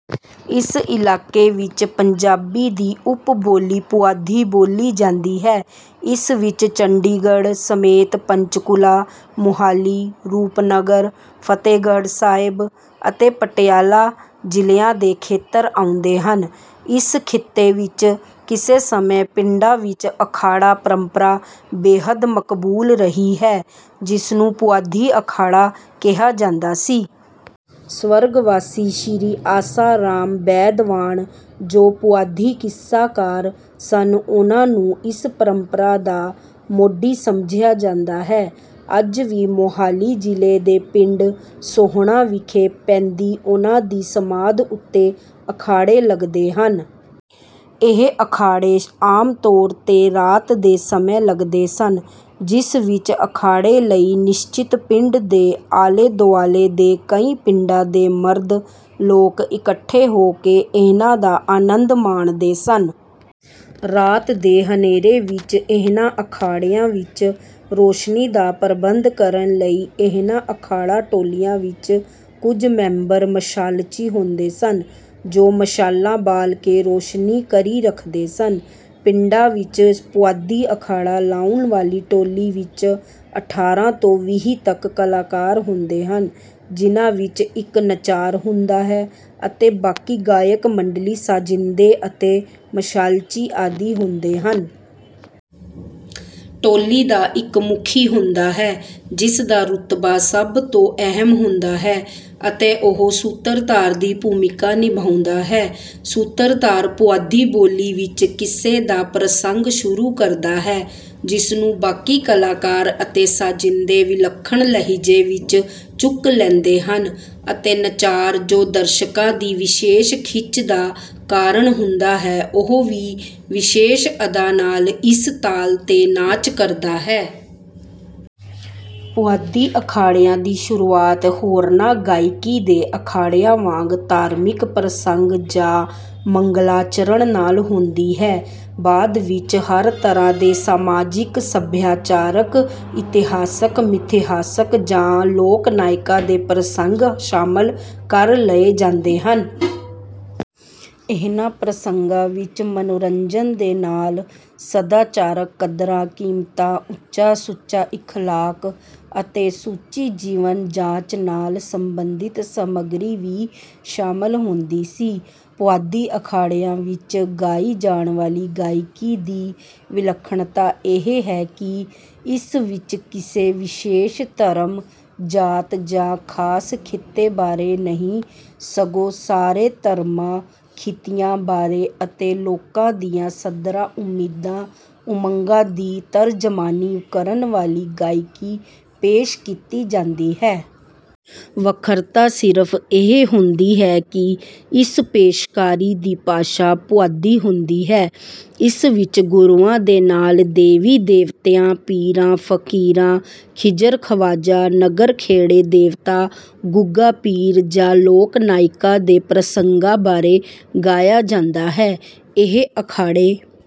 ਇਸ ਇਲਾਕੇ ਵਿੱਚ ਪੰਜਾਬੀ ਦੀ ਉੱਪ ਬੋਲੀ ਪੁਆਧੀ ਬੋਲੀ ਜਾਂਦੀ ਹੈ। ਇਸ ਵਿੱਚ ਚੰਡੀਗੜ੍ਹ ਸਮੇਤ ਪੰਚਕੁਲਾ ਮੋਹਾਲੀ ਰੂਪਨਗਰ ਫਤਿਹਗੜ੍ਹ ਸਾਹਿਬ ਅਤੇ ਪਟਿਆਲਾ ਜ਼ਿਲ੍ਹਿਆਂ ਦੇ ਖੇਤਰ ਆਉਂਦੇ ਹਨ। ਇਸ ਖਿੱਤੇ ਵਿੱਚ ਕਿਸੇ ਸਮੇਂ ਪਿੰਡਾਂ ਵਿੱਚ ਅਖਾੜਾ ਪਰੰਪਰਾ ਬੇਹੱਦ ਮਕਬੂਲ ਰਹੀ ਹੈ ਜਿਸਨੂੰ ਪੁਆਧੀ ਅਖਾੜਾ ਕਿਹਾ ਜਾਂਦਾ ਸੀ। ਸਵਰਗਵਾਸੀ ਸ੍ਰੀ ਆਸਾ ਰਾਮ ਬੈਦਵਾਣ ਜੋ ਪੁਆਧੀ ਕਿੱਸਾਕਾਰ ਸਨ ਉਨ੍ਹਾਂ ਨੂੰ ਇਸ ਪਰੰਪਰਾ ਦਾ ਮੋਢੀ ਸਮਝਿਆ ਜਾਂਦਾ ਹੈ। ਅੱਜ ਵੀ ਮੋਹਾਲੀ ਜ਼ਿਲ੍ਹੇ ਦੇ ਪਿੰਡ ਸੋਹਣਾ ਵਿਖੇ ਪੈਂਦੀ ਉਨ੍ਹਾਂ ਦੀ ਸਮਾਧ ਉੱਤੇ ਅਖਾੜੇ ਲਗਦੇ ਹਨ। ਇਹ ਅਖਾੜੇ ਆਮ ਤੌਰ ਤੇ ਰਾਤ ਦੇ ਸਮੇਂ ਲਗਦੇ ਸਨ ਜਿਸ ਵਿੱਚ ਅਖਾੜੇ ਲਈ ਨਿਸ਼ਚਿਤ ਪਿੰਡ ਦੇ ਆਲੇ ਦੁਆਲੇ ਦੇ ਕਈ ਪਿੰਡਾਂ ਦੇ ਮਰਦ ਲੋਕ ਇਕੱਠੇ ਹੋ ਕੇ ਇਹਨਾਂ ਦਾ ਆਨੰਦ ਮਾਣਦੇ ਸਨ। ਰਾਤ ਦੇ ਹਨੇਰੇ ਵਿੱਚ ਇਹਨਾਂ ਅਖਾੜਿਆਂ ਵਿੱਚ ਰੌਸ਼ਨੀ ਦਾ ਪ੍ਰਬੰਧ ਕਰਨ ਲਈ ਇਹਨਾਂ ਅਖਾੜਾ ਟੋਲੀਆਂ ਵਿੱਚ ਕੁਝ ਮੈਂਬਰ ਮਸ਼ਾਲਚੀ ਹੁੰਦੇ ਸਨ ਜੋ ਮਸ਼ਾਲਾਂ ਬਾਲ ਕੇ ਰੌਸ਼ਨੀ ਕਰੀ ਰੱਖਦੇ ਸਨ। ਪਿੰਡਾਂ ਵਿੱਚ ਪੁਆਧੀ ਅਖਾੜਾ ਲਾਉਣ ਵਾਲੀ ਟੋਲੀ ਵਿੱਚ ਅਠਾਰਾਂ ਤੋਂ ਵੀਹ ਤੱਕ ਕਲਾਕਾਰ ਹੁੰਦੇ ਹਨ ਜਿਨ੍ਹਾਂ ਵਿੱਚ ਇੱਕ ਨਚਾਰ ਹੁੰਦਾ ਹੈ ਅਤੇ ਬਾਕੀ ਗਾਇਕ ਮੰਡਲੀ ਸਾਜ਼ਿੰਦੇ ਅਤੇ ਮਸ਼ਾਲਚੀ ਆਦਿ ਹੁੰਦੇ ਹਨ। ਟੋਲੀ ਦਾ ਇੱਕ ਮੁਖੀ ਹੁੰਦਾ ਹੈ ਜਿਸ ਦਾ ਰੁਤਬਾ ਸਭ ਤੋਂ ਅਹਿਮ ਹੁੰਦਾ ਹੈ ਅਤੇ ਉਹ ਸੂਤਰਧਾਰ ਦੀ ਭੂਮਿਕਾ ਨਿਭਾਉਂਦਾ ਹੈ। ਸੂਤਰਧਾਰ ਪੁਆਧੀ ਬੋਲੀ ਵਿੱਚ ਕਿੱਸੇ ਦਾ ਪ੍ਰਸੰਗ ਸ਼ੁਰੂ ਕਰਦਾ ਹੈ ਜਿਸਨੂੰ ਬਾਕੀ ਕਲਾਕਾਰ ਅਤੇ ਸਾਜ਼ਿੰਦੇ ਵਿਲੱਖਣ ਲਹਿਜੇ ਵਿੱਚ ਚੁੱਕ ਲੈਂਦੇ ਹਨ ਅਤੇ ਨਚਾਰ ਜੋ ਦਰਸ਼ਕਾਂ ਦੀ ਵਿਸ਼ੇਸ਼ ਖਿੱਚ ਦਾ ਕਾਰਨ ਹੁੰਦਾ ਹੈ ਉਹ ਵੀ ਵਿਸ਼ੇਸ਼ ਅਦਾ ਨਾਲ ਇਸ ਤਾਲ ਤੇ ਨਾਚ ਕਰਦਾ ਹੈ। ਪੁਆਧੀ ਅਖਾੜਿਆਂ ਦੀ ਸ਼ੁਰੂਆਤ ਹੋਰਨਾਂ ਗਾਇਕੀ ਦੇ ਅਖਾੜਿਆਂ ਵਾਂਗ ਧਾਰਮਿਕ ਪ੍ਰਸੰਗ ਜਾਂ ਮੰਗਲਾਚਰਣ ਨਾਲ ਹੁੰਦੀ ਹੈ। ਬਾਅਦ ਵਿੱਚ ਹਰ ਤਰ੍ਹਾਂ ਦੇ ਸਮਾਜਿਕ ਸਭਿਆਚਾਰਕ ਇਤਿਹਾਸਕ ਮਿਥਿਹਾਸਕ ਜਾਂ ਲੋਕ ਨਾਇਕਾਂ ਦੇ ਪ੍ਰਸੰਗ ਸ਼ਾਮਲ ਕਰ ਲਏ ਜਾਂਦੇ ਹਨ। ਇਹਨਾਂ ਪ੍ਰਸੰਗਾਂ ਵਿੱਚ ਮਨੋਰੰਜਨ ਦੇ ਨਾਲ ਸਦਾਚਾਰਕ ਕਦਰਾਂ ਕੀਮਤਾਂ ਉੱਚਾ ਸੁੱਚਾ ਇਖਲਾਕ ਅਤੇ ਸੁੱਚੀ ਜੀਵਨ ਜਾਚ ਨਾਲ ਸੰਬੰਧਿਤ ਸਮੱਗਰੀ ਵੀ ਸ਼ਾਮਲ ਹੁੰਦੀ ਸੀ। ਪੁਆਧੀ ਅਖਾੜਿਆਂ ਵਿੱਚ ਗਾਈ ਜਾਣ ਵਾਲੀ ਗਾਇਕੀ ਦੀ ਵਿਲੱਖਣਤਾ ਇਹ ਹੈ ਕਿ ਇਸ ਵਿੱਚ ਕਿਸੇ ਵਿਸ਼ੇਸ਼ ਧਰਮ ਜਾਤ ਜਾਂ ਖਾਸ ਖਿੱਤੇ ਬਾਰੇ ਨਹੀਂ ਸਗੋਂ ਸਾਰੇ ਧਰਮਾਂ ਖਿੱਤਿਆਂ ਬਾਰੇ ਅਤੇ ਲੋਕਾਂ ਦੀਆਂ ਸੱਧਰਾਂ ਉਮੀਦਾਂ ਉਮੰਗਾਂ ਦੀ ਤਰਜਮਾਨੀ ਕਰਨ ਵਾਲੀ ਗਾਇਕੀ ਪੇਸ਼ ਕੀਤੀ ਜਾਂਦੀ ਹੈ। ਵੱਖਰਤਾ ਸਿਰਫ ਇਹ ਹੁੰਦੀ ਹੈ ਕਿ ਇਸ ਪੇਸ਼ਕਾਰੀ ਦੀ ਭਾਸ਼ਾ ਪੁਆਧੀ ਹੁੰਦੀ ਹੈ। ਇਸ ਵਿੱਚ ਗੁਰੂਆਂ ਦੇ ਨਾਲ ਦੇਵੀ ਦੇਵਤਿਆਂ ਪੀਰਾਂ ਫਕੀਰਾਂ ਖਿਜ਼ਰ ਖਵਾਜਾ ਨਗਰ ਖੇੜੇ ਦੇਵਤਾ ਗੁੱਗਾ ਪੀਰ ਜਾਂ ਲੋਕ ਨਾਇਕਾਂ ਦੇ ਪ੍ਰਸੰਗਾਂ ਬਾਰੇ ਗਾਇਆ ਜਾਂਦਾ ਹੈ। ਇਹ ਅਖਾੜੇ